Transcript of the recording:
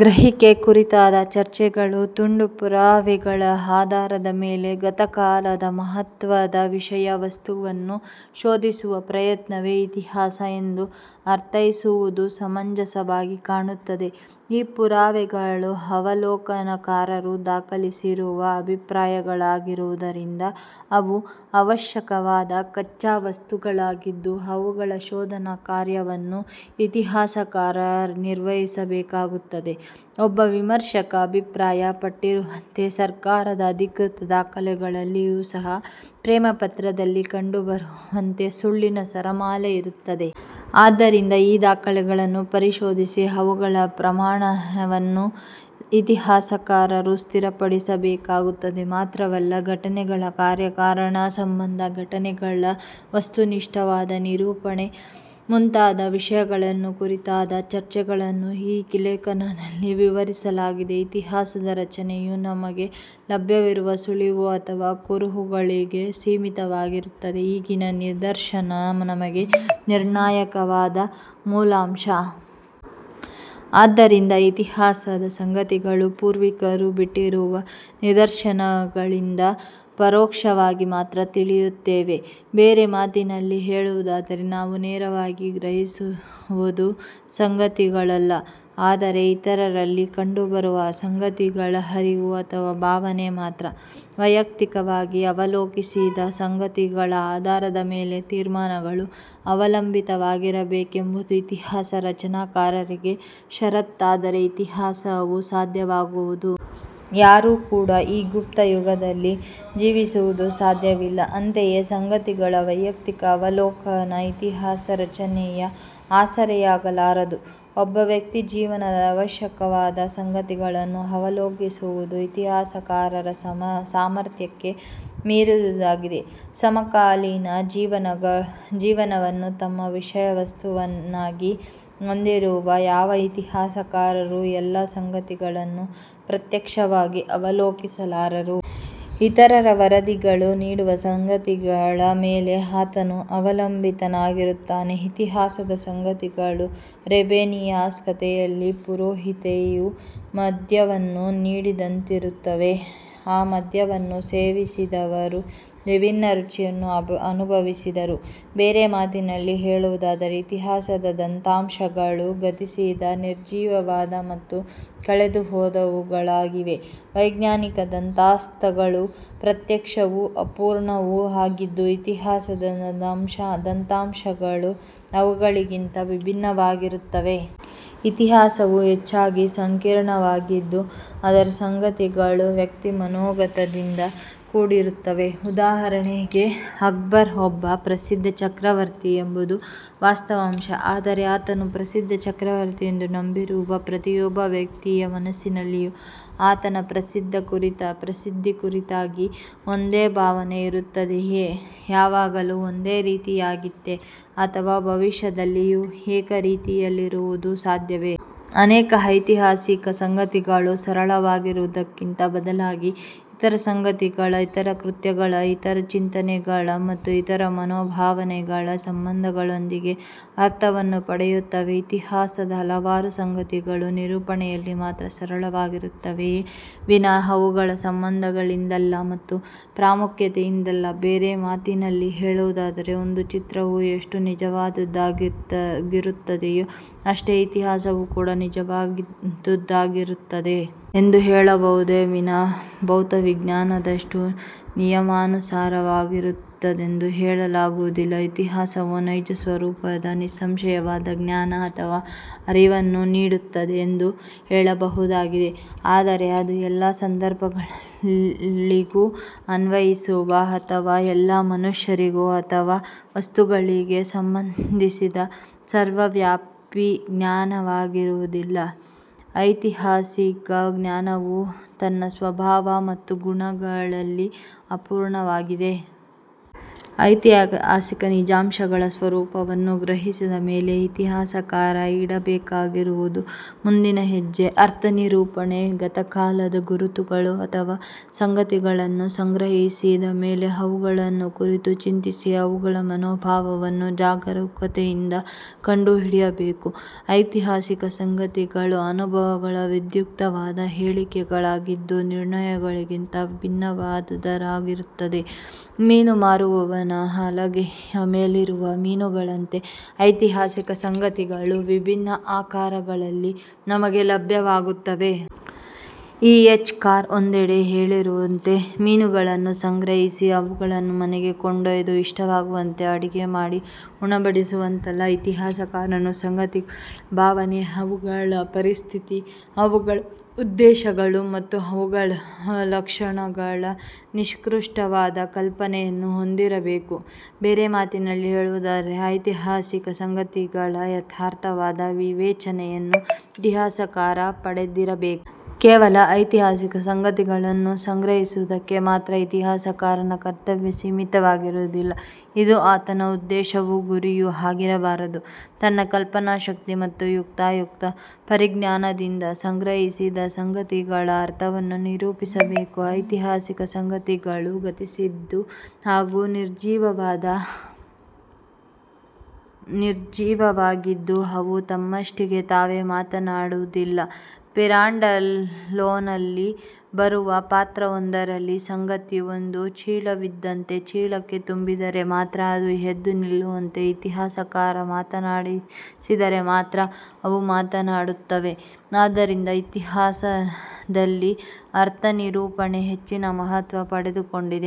ಗ್ರಹಿಕೆ ಕುರಿತಾದ ಚರ್ಚೆಗಳು ತುಂಡು ಪುರಾವೆಗಳ ಆಧಾರದ ಮೇಲೆ ಗತಕಾಲದ ಮಹತ್ವದ ವಿಷಯ ವಸ್ತುವನ್ನು ಶೋಧಿಸುವ ಪ್ರಯತ್ನವೇ ಇತಿಹಾಸ ಎಂದು ಅರ್ಥೈಸುವುದು ಸಮಂಜಸವಾಗಿ ಕಾಣುತ್ತದೆ. ಈ ಪುರಾವೆಗಳು ಅವಲೋಕನಕಾರರು ದಾಖಲಿಸಿರುವ ಅಭಿಪ್ರಾಯಗಳಾಗಿರುವುದರಿಂದ, ಅವು ಅವಶ್ಯಕವಾದ ಕಚ್ಚಾವಸ್ತುಗಳಾಗಿದ್ದು, ಅವುಗಳ ಶೋಧನಾಕಾರ್ಯವನ್ನು ಇತಿಹಾಸಕಾರ ನಿರ್ವಹಿಸಬೇಕಾಗುತ್ತದೆ. ಒಬ್ಬ ವಿಮರ್ಶಕ ಅಭಿಪ್ರಾಯ ಪಟ್ಟಿರುವಂತೆ, ಸರ್ಕಾರದ ಅಧಿಕೃತ ದಾಖಲೆಗಳಲ್ಲಿಯೂ ಸಹ, ಪ್ರೇಮಪತ್ರದಲ್ಲಿ ಕಂಡುಬರುವಂತೆ, ಸುಳ್ಳಿನ ಸರಮಾಲೆ ಇರುತ್ತದೆ. ಆದ್ದರಿಂದ ಈ ದಾಖಲೆಗಳನ್ನು ಪರಿಶೋಧಿಸಿ ಅವುಗಳ ಪ್ರಾಮಾಣ್ಯವನ್ನು ಇತಿಹಾಸಕಾರರು ಸ್ಥಿರಪಡಿಸಬೇಕಾಗುತ್ತದೆ. ಮಾತ್ರವಲ್ಲ, ಘಟನೆಗಳ ಕಾರ್ಯಕಾರಣ ಸಂಬಂಧ, ಘಟನೆಗಳ ವಸ್ತುನಿಷ್ಠವಾದ ನಿರೂಪಣೆ ಮುಂತಾದ ವಿಷಯಗಳನ್ನು ಕುರಿತಾದ ಚರ್ಚೆಗಳನ್ನು ಈ ಲೇಖನದಲ್ಲಿ ವಿವರಿಸಲಾಗಿದೆ. ಇತಿಹಾಸದ ರಚನೆಯು ನಮಗೆ ಲಭ್ಯವಿರುವ ಸುಳಿವು ಅಥವಾ ಕುರುಹುಗಳಿಗೆ ಸೀಮಿತವಾಗಿರುತ್ತದೆ. ಈಗಿನ ನಿದರ್ಶನ ನಮಗೆ ನಿರ್ಣಾಯಕವಾದ ಮೂಲಾಂಶ. ಆದ್ದರಿಂದ ಇತಿಹಾಸದ ಸಂಗತಿಗಳು ಪೂರ್ವಿಕರು ಬಿಟ್ಟಿರುವ ನಿದರ್ಶನಗಳಿಂದ ಪರೋಕ್ಷವಾಗಿ ಮಾತ್ರ ತಿಳಿಯುತ್ತವೆ. ಬೇರೆ ಮಾತಿನಲ್ಲಿ ಹೇಳುವುದಾದರೆ ನಾವು ನೇರವಾಗಿ ಗ್ರಹಿಸುವುಚದು ಸಂಗತಿಗಳಲ್ಲ ಆದರೆ ಇತರರಲ್ಲಿ ಕಂಡುಬರುವ ಆ ಸಂಗತಿಗಳ ಅರಿವು ಅಥವ ಭಾವನೆ ಮಾತ್ರ. ವೈಯಕ್ತಿಕವಾಗಿ ಅವಲೋಕಿಸಿದ ಸಂಗತಿಗಳ ಆಧಾರದ ಮೇಲೆ ತೀರ್ಮಾನಗಳು ಅವಲಂಬಿತವಾಗಿರಬೇಕೆಂಬುದು ಇತಿಹಾಸ ರಚನಕಾರರಿಗೆ ಷರತ್ತಾದರೆ ಇತಿಹಾಸವು ಸಾಧ್ಯವಾಗದು. ಯಾರೂ ಕೂಡ ಈಗ ಗುಪ್ತಯುಗದಲ್ಲಿ ಜೀವಿಸುವುದು ಸಾಧ್ಯವಿಲ್ಲ. ಅಂತೆಯೇ ಸಂಗತಿಗಳ ವೈಯಕ್ತಿಕ ಅವಲೋಕನ ಇತಿಹಾಸ ರಚನೆಯ ಆಸರೆಯಾಗಲಾರದು. ಒಬ್ಬ ವ್ಯಕ್ತಿಯ ಜೀವನದ ಅವಶ್ಯಕವಾದ ಸಂಗತಿಗಳನ್ನು ಅವಲೋಕಿಸುವುದು ಇತಿಹಾಸಕಾರರ ಸಾಮರ್ಥ್ಯಕ್ಕೆ ಮೀರಿದುದಾಗಿದೆ. ಸಮಕಾಲೀನ ಜೀವನವನ್ನು ತಮ್ಮ ವಿಷಯ ವಸ್ತುವನ್ನಾಗಿ ಹೊಂದಿರುವ ಯಾವ ಇತಿಹಾಸಕಾರರೂ ಎಲ್ಲ ಸಂಗತಿಗಳನ್ನೂ ಪ್ರತ್ಯಕ್ಷವಾಗಿ ಅವಲೋಕಿಸಲಾರರು. ಇತರರ ವರದಿಗಳು ನೀಡುವ ಸಂಗತಿಗಳ ಮೇಲೆ ಆತನು ಅವಲಂಬಿತನಾಗಿರುತ್ತಾನೆ. ಇತಿಹಾಸದ ಸಂಗತಿಗಳು ರೆಬೆನಿಯಾಸ್ ಕಥೆಯಲ್ಲಿ ಪುರೋಹಿತೆಯು ಮದ್ಯವನ್ನು ನೀಡಿದಂತಿರುತ್ತವೆ. ಆ ಮದ್ಯವನ್ನು ಸೇವಿಸಿದವರು ವಿಭಿನ್ನ ರುಚಿಯನ್ನು ಅನುಭವಿಸಿದರು. ಬೇರೆ ಮಾತಿನಲ್ಲಿ ಹೇಳುವುದಾದರೆ ಇತಿಹಾಸದ ದತ್ತಾಂಶಗಳು ಗತಿಸಿದ ನಿರ್ಜೀವವಾದ ಮತ್ತು ಕಳೆದುಹೋದವುಗಳಾಗಿವೆ. ವೈಜ್ಞಾನಿಕ ದತ್ತಾಂಸಗಳು ಪ್ರತ್ಯಕ್ಷವೂ, ಅಪೂರ್ಣವೂ ಆಗಿದ್ದು ಇತಿಹಾಸದ ದತ್ತಾಂಶಗಳು ಅವುಗಳಿಗಿಂತ ವಿಭಿನ್ನವಾಗಿರುತ್ತವೆ. ಇತಿಹಾಸವು ಹೆಚ್ಚಾಗಿ ಸಂಕೀರ್ಣವಾಗಿದ್ದು ಅದರ ಸಂಗತಿಗಳು ವ್ಯಕ್ತಿ ಮನೋಗತದಿಂದ ಕೂಡಿರುತ್ತವೆ. ಉದಾಹರಣೆಗೆ, ಅಕ್ಬರ್ ಒಬ್ಬ ಪ್ರಸಿದ್ದ ಚಕ್ರವರ್ತಿ ಎಂಬುದು ವಾಸ್ತವಾಂಶ. ಆದರೆ, ಆತನು ಪ್ರಸಿದ್ಧ ಚಕ್ರವರ್ತಿ ಎಂದು ನಂಬಿರುವ ಪ್ರತಿಯೊಬ್ಬ ವ್ಯಕ್ತಿಯ ಮನಸ್ಸಿನಲ್ಲಿಯೂ ಆತನ ಪ್ರಸಿದ್ಧಿ ಕುರಿತಾಗಿ ಒಂದೇ ಭಾವನೆ ಇರುತ್ತದೆಯೇ? ಯಾವಾಗಲೂ ಒಂದೇ ರೀತಿಯದಾಗಿತ್ತೆ, ಅಥವಾ ಭವಿಷ್ಯದಲ್ಲಿಯೂ ಏಕ ರೀತಿಯಲ್ಲಿರುವುದು ಸಾಧ್ಯವೇ? ಅನೇಕ ಐತಿಹಾಸಿಕ ಸಂಗತಿಗಳು ಸರಳವಾಗಿರುವುದಕ್ಕಿಂತ ಬದಲಾಗಿ ಇತರ ಸಂಗತಿಗಳ, ಇತರ ಕೃತ್ಯಗಳ, ಇತರ ಚಿಂತನೆಗಳ ಮತ್ತು ಇತರ ಮನೋಭಾವನೆಗಳ ಸಂಬಂಧಗಳೊಂದಿಗೆ ಅರ್ಥವನ್ನು ಪಡೆಯುತ್ತವೆ. ಇತಿಹಾಸದ ಹಲವಾರು ಸಂಗತಿಗಳು ನಿರೂಪಣೆಯಲ್ಲಿ ಮಾತ್ರ ಸರಳವಾಗಿರುತ್ತವೆಯೇ ವಿನಾ ಅವುಗಳ ಸಂಬಂಧಗಳಿಂದಲ್ಲ ಮತ್ತು ಪ್ರಾಮುಖ್ಯತೆಯಿಂದಲ್ಲ. ಬೇರೆ ಮಾತಿನಲ್ಲಿ ಹೇಳುವುದಾದರೆ, ಒಂದು ಚಿತ್ರವು ಎಷ್ಟು ನಿಜವಾದುದಾಗಿರುತ್ತದೆಯೋ ಅಷ್ಟೇ ಇತಿಹಾಸವೂ ಕೂಡ ನಿಜವಾದುದಾಗಿರುತ್ತದೆ. ಎಂದು ಹೇಳಬಹುದೇ ವಿನಾ ಭೌತವಿಜ್ಞಾನದಷ್ಟು ನಿಯಮಾನುಸಾರವಾಗಿರುತ್ತದೆಂದು ಹೇಳಲಾಗುವುದಿಲ್ಲ. ಇತಿಹಾಸವು ನೈಜ ಸ್ವರೂಪದ ನಿಸ್ಸಂಶಯವಾದ ಜ್ಞಾನ ಅಥವಾ ಅರಿವನ್ನು ನೀಡುತ್ತದೆಂದು ಹೇಳಬಹುದಾಗಿದೆ. ಆದರೆ ಅದು ಎಲ್ಲ ಸಂದರ್ಭಗಳಿಗೂ ಅನ್ವಯಿಸುವ ಅಥವ ಎಲ್ಲ ಮನುಷ್ಯರಿಗೆ ಅಥವಾ ವಸ್ತುಗಳಿಗೆ ಸಂಬಂಧಿಸಿದ, ಸರ್ವವ್ಯಾಪಿ ಜ್ಞಾನವಾಗಿರುವುದಿಲ್ಲ. ಐತಿಹಾಸಿಕ ಜ್ಞಾನವು ತನ್ನ ಸ್ವಭಾವ ಮತ್ತು ಗುಣಗಳಲ್ಲಿ ಅಪೂರ್ಣವಾಗಿದೆ. ಐತಿಹಾಸಿಕ ನಿಜಾಂಶಗಳ ಸ್ವರೂಪವನ್ನು ಗ್ರಹಿಸಿದ ಮೇಲೆ ಇತಿಹಾಸಕಾರ ಇಡಬೇಕಾಗಿರುವ ಮುಂದಿನ ಹೆಜ್ಜೆ ಅರ್ಥನಿರೂಪಣೆ. ಗತಕಾಲದ ಗುರುತುಗಳು ಅಥವ ಸಂಗತಿಗಳನ್ನು ಸಂಗ್ರಹಿಸಿದ ಮೇಲೆ ಅವುಗಳನ್ನು ಕುರಿತು ಚಿಂತಿಸಿ ಅವುಗಳ ಮನೋಭಾವವನ್ನು ಜಾಗರೂಕತೆಯಿಂದ ಕಂಡುಹಿಡಿಯಬೇಕು. ಐತಿಹಾಸಿಕ ಸಂಗತಿಗಳು ಅನುಭವಗಳ ವಿಧ್ಯುಕ್ತವಾದ ಹೇಳಿಕೆಗಳಾಗಿದ್ದು ನಿರ್ಣಯಗಳಿಗಿಂತ ಭಿನ್ನವಾದುದಾಗಿರುತ್ತವೆ. ಮೀನು ಮಾರುವವನ ಹಲಗೆಯ ಮೇಲಿರುವ ಮೀನುಗಳಂತೆ ಐತಿಹಾಸಿಕ ಸಂಗತಿಗಳು ವಿಭಿನ್ನ ಆಕಾರಗಳಲ್ಲಿ ನಮಗೆ ಲಭ್ಯವಾಗುತ್ತವೆ. ಇ. ಎಚ್. ಕಾರ್ ಒಂದೆಡೆ ಹೇಳಿರುವಂತೆ, ಮೀನುಗಳನ್ನು ಸಂಗ್ರಹಿಸಿ, ಅವುಗಳನ್ನು ಮನೆಗೆ ಕೊಂಡೊಯ್ದು ಇಷ್ಟವಾಗುವಂತೆ ಅಡಿಗೆ ಮಾಡಿ ಉಣಬಡಿಸುವಂತಲ್ಲ ಇತಿಹಾಸಕಾರನು ಸಂಗತಿಗಳ ಭಾವನೆ ಅವುಗಳ ಪರಿಸ್ಥಿತಿ ಅವುಗಳ ಉದ್ದೇಶಗಳು ಮತ್ತು ಅವುಗಳು ಲಕ್ಷಣಗಳ ನಿಷ್ಕೃಷ್ಟವಾದ ಕಲ್ಪನೆಯನ್ನು ಹೊಂದಿರಬೇಕು. ಬೇರೆ ಮಾತಿನಲ್ಲಿ ಹೇಳುವುದಾದರೆ. ಐತಿಹಾಸಿಕ ಸಂಗತಿಗಳ ಯಥಾರ್ಥ ವಾದ ವಿವೇಚನೆಯನ್ನು ಇತಿಹಾಸಕಾರ ಪಡೆದಿರಬೇಕು. ಕೇವಲ ಐತಿಹಾಸಿಕ ಸಂಗತಿಗಳನ್ನು ಸಂಗ್ರಹಿಸುವುದಕ್ಕೆ ಮಾತ್ರ ಇತಿಹಾಸಕಾರನ ಕರ್ತವ್ಯ ಸೀಮಿತವಾಗಿರುವುದಿಲ್ಲ. ಇದು ಆತನ ಉದ್ದೇಶವೂ, ಗುರಿಯೂ ಆಗಿರಬಾರದು. ತನ್ನ ಕಲ್ಪನಾಶಕ್ತಿ ಮತ್ತು ಯುಕ್ತಾಯುಕ್ತ ಪರಿಜ್ಞಾನದಿಂದ ಸಂಗ್ರಹಿಸಿದ ಸಂಗತಿಗಳ ಅರ್ಥವನ್ನು ನಿರೂಪಿಸಬೇಕು. ಐತಿಹಾಸಿಕ ಸಂಗತಿಗಳು ಗತಿಸಿದ್ದು ಹಾಗೂ ನಿರ್ಜೀವವಾದವಾಗಿದ್ದು ಅವು ತಮ್ಮಷ್ಟಿಗೆ ತಾವೇ ಮಾತನಾಡುವುದಿಲ್ಲ. ಪಿರಾಂಡಲ್ಲೊನಲ್ಲಿ ಬರುವ ಪಾತ್ರವೊಂದರಂತೆ, ಸಂಗತಿ ಒಂದು ಚೀಲವಿದ್ದಂತೆ ಚೀಲಕ್ಕೆ ತುಂಬಿದರೆ ಮಾತ್ರ ಅದು ಎದ್ದು ನಿಲ್ಲುವಂತೆ ಇತಿಹಾಸಕಾರ ಮಾತನಾಡಿಸಿದರೆ ಮಾತ್ರ ಅವು ಮಾತನಾಡುತ್ತವೆ. ಆದ್ದರಿಂದ ಇತಿಹಾಸದಲ್ಲಿ ಅರ್ಥನಿರೂಪಣೆ ಹೆಚ್ಚಿನ ಮಹತ್ವ ಪಡೆದುಕೊಂಡಿದೆ.